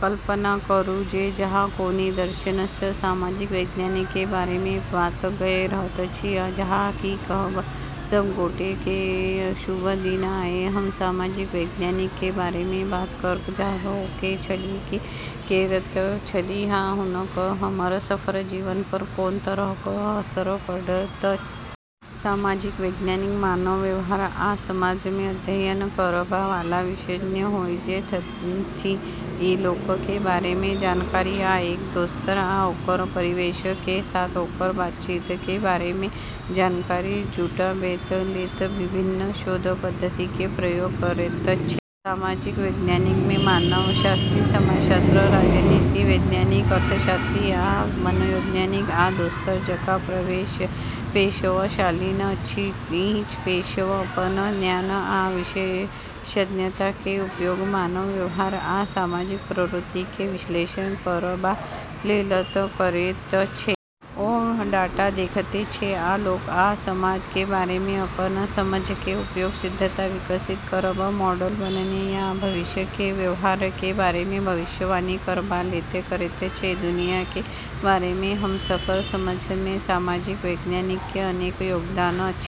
कल्पना करू जे अहाँ कोनो दर्शक सँ सामाजिक वैज्ञानिक के बारे मे बात कए रहल छी, अहाँ की कहब। सब गोटे के शुभ दिन, आइ हम सामाजिक वैज्ञानिक के बारे मे बात करब चाहब, ओ के छथि, की करैत छथि, आ हुनकर हमर सबहक जीवन पर कोन तरहक असर पड़ैत अछि। सामाजिक वैज्ञानिक मानव व्यवहार आ समाज के अध्ययन करबा वाला विशेषज्ञ होइत छथि। ई लोक के बारे मे जानकारी आ एक-दोसर आ ओकर परिवेश के साथ ओकर बातचीत के बारे मे जानकारी जुटाएब लेल विभिन्न शोध पद्धति के प्रयोग करैत छै। सामाजिक वैज्ञानिक मे मानवशास्त्री, समाजशास्त्री, राजनीतिक वैज्ञानिक, अर्थशास्त्री, आ मनोवैज्ञानिक आ दोसर जकां पेशेवर शामिल अछि। ई पेशेवर अपन ज्ञान आ विशेषज्ञता के उपयोग मानव व्यवहार आ सामाजिक प्रवृत्ति के विश्लेषण करबा लेल करैत छै। ओ डाटा देखैत छै आ लोक आ समाज के बारे मे अपन समझ के उपयोग सिद्धांत विकसित करब, मॉडल बनेब आ भविष्य के व्यवहार के बारे मे भविष्यवाणी करबा लेल करैत छै। दुनिया के बारे मे हमर समझ मे सामाजिक वैज्ञानिक के अनेक योगदान अछि।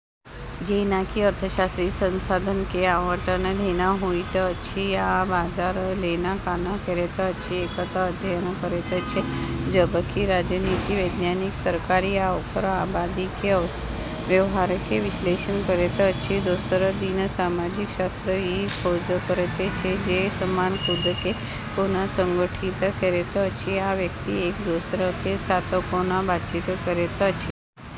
जेना कि अर्थशास्त्री संसाधन के आवंटन केना होइत अछि आ बाजार केना काम करैत अछि, एकर अध्ययन करैत छै, जबकि राजनीतिक वैज्ञानिक सरकार आ ओकर आबादी के व्यवहार के विश्लेषण करैत अछि। दोसर दिस समाजशास्त्री ई खोज करैत छै जे समाज खुद के कोना संगठित करैत अछि आ व्यक्ति एक-दोसर के साथ कोना बातचीत करैत अछि।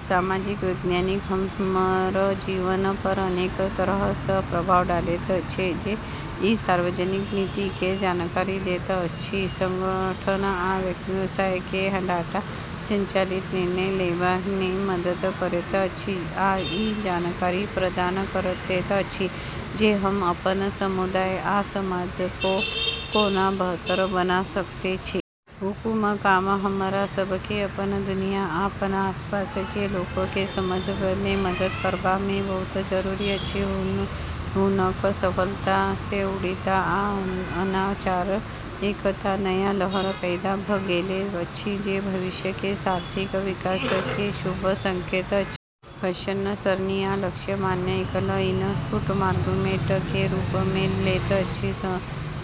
सामाजिक वैज्ञानिक हमर जीवन पर अनेक तरह सँ प्रभाव डालैत छै। ई सार्वजनिक नीति के जानकारी दैत अछि, संगठन आ व्यवसाय के डाटा संचालित निर्णय लेबा मे मदद करैत अछि, आ ई जानकारी प्रदान करैत अछि जे हम अपन समुदाय आ समाज के कोना बेहतर बना सकैत छी। हुनक काम हमरा सब के अपन दुनिया आ अपन आसपास के लोक के समझब मे मदद करबा मे बहुत जरूरी अछि। हुनक सफलता सँ उद्यमिता आ नवाचार के एकटा नया लहर पैदा भ गेल अछि, जे भविष्य के आर्थिक विकास के शुभ संकेत अछि। फंक्शन सरणी आ लक्ष्य मान कए इनपुट आर्गुमेंट के रूप मे लैत अछि।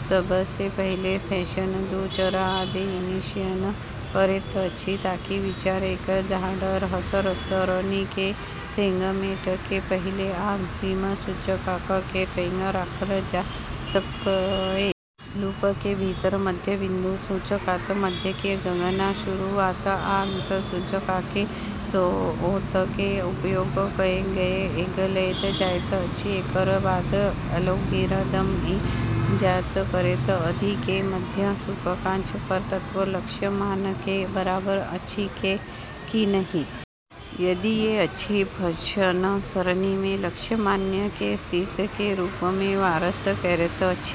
सबसे पहिने, फंक्शन दू चर, आ के इनिशियलाइज करैत अछि, ताकि विचार कएल जाइत रहल सरणी के सेगमेंट के पहिल आ अंतिम सूचकांक के ट्रैक राखल जा सकए। लूप के भीतर, मध्य बिंदु सूचकांक मध्य के गणना शुरुआत आ अंत सूचकांक के औसत के उपयोग कए कए कएल जाइत अछि। एकर बाद एल्गोरिदम ई जांच करैत अछि जे मध्य सूचकांक पर तत्व लक्ष्य मान के बराबर अछि कि नहि। यदि ई अछि, त फंक्शन सरणी मे लक्ष्य मान के स्थिति के रूप मे वापस करैत अछि।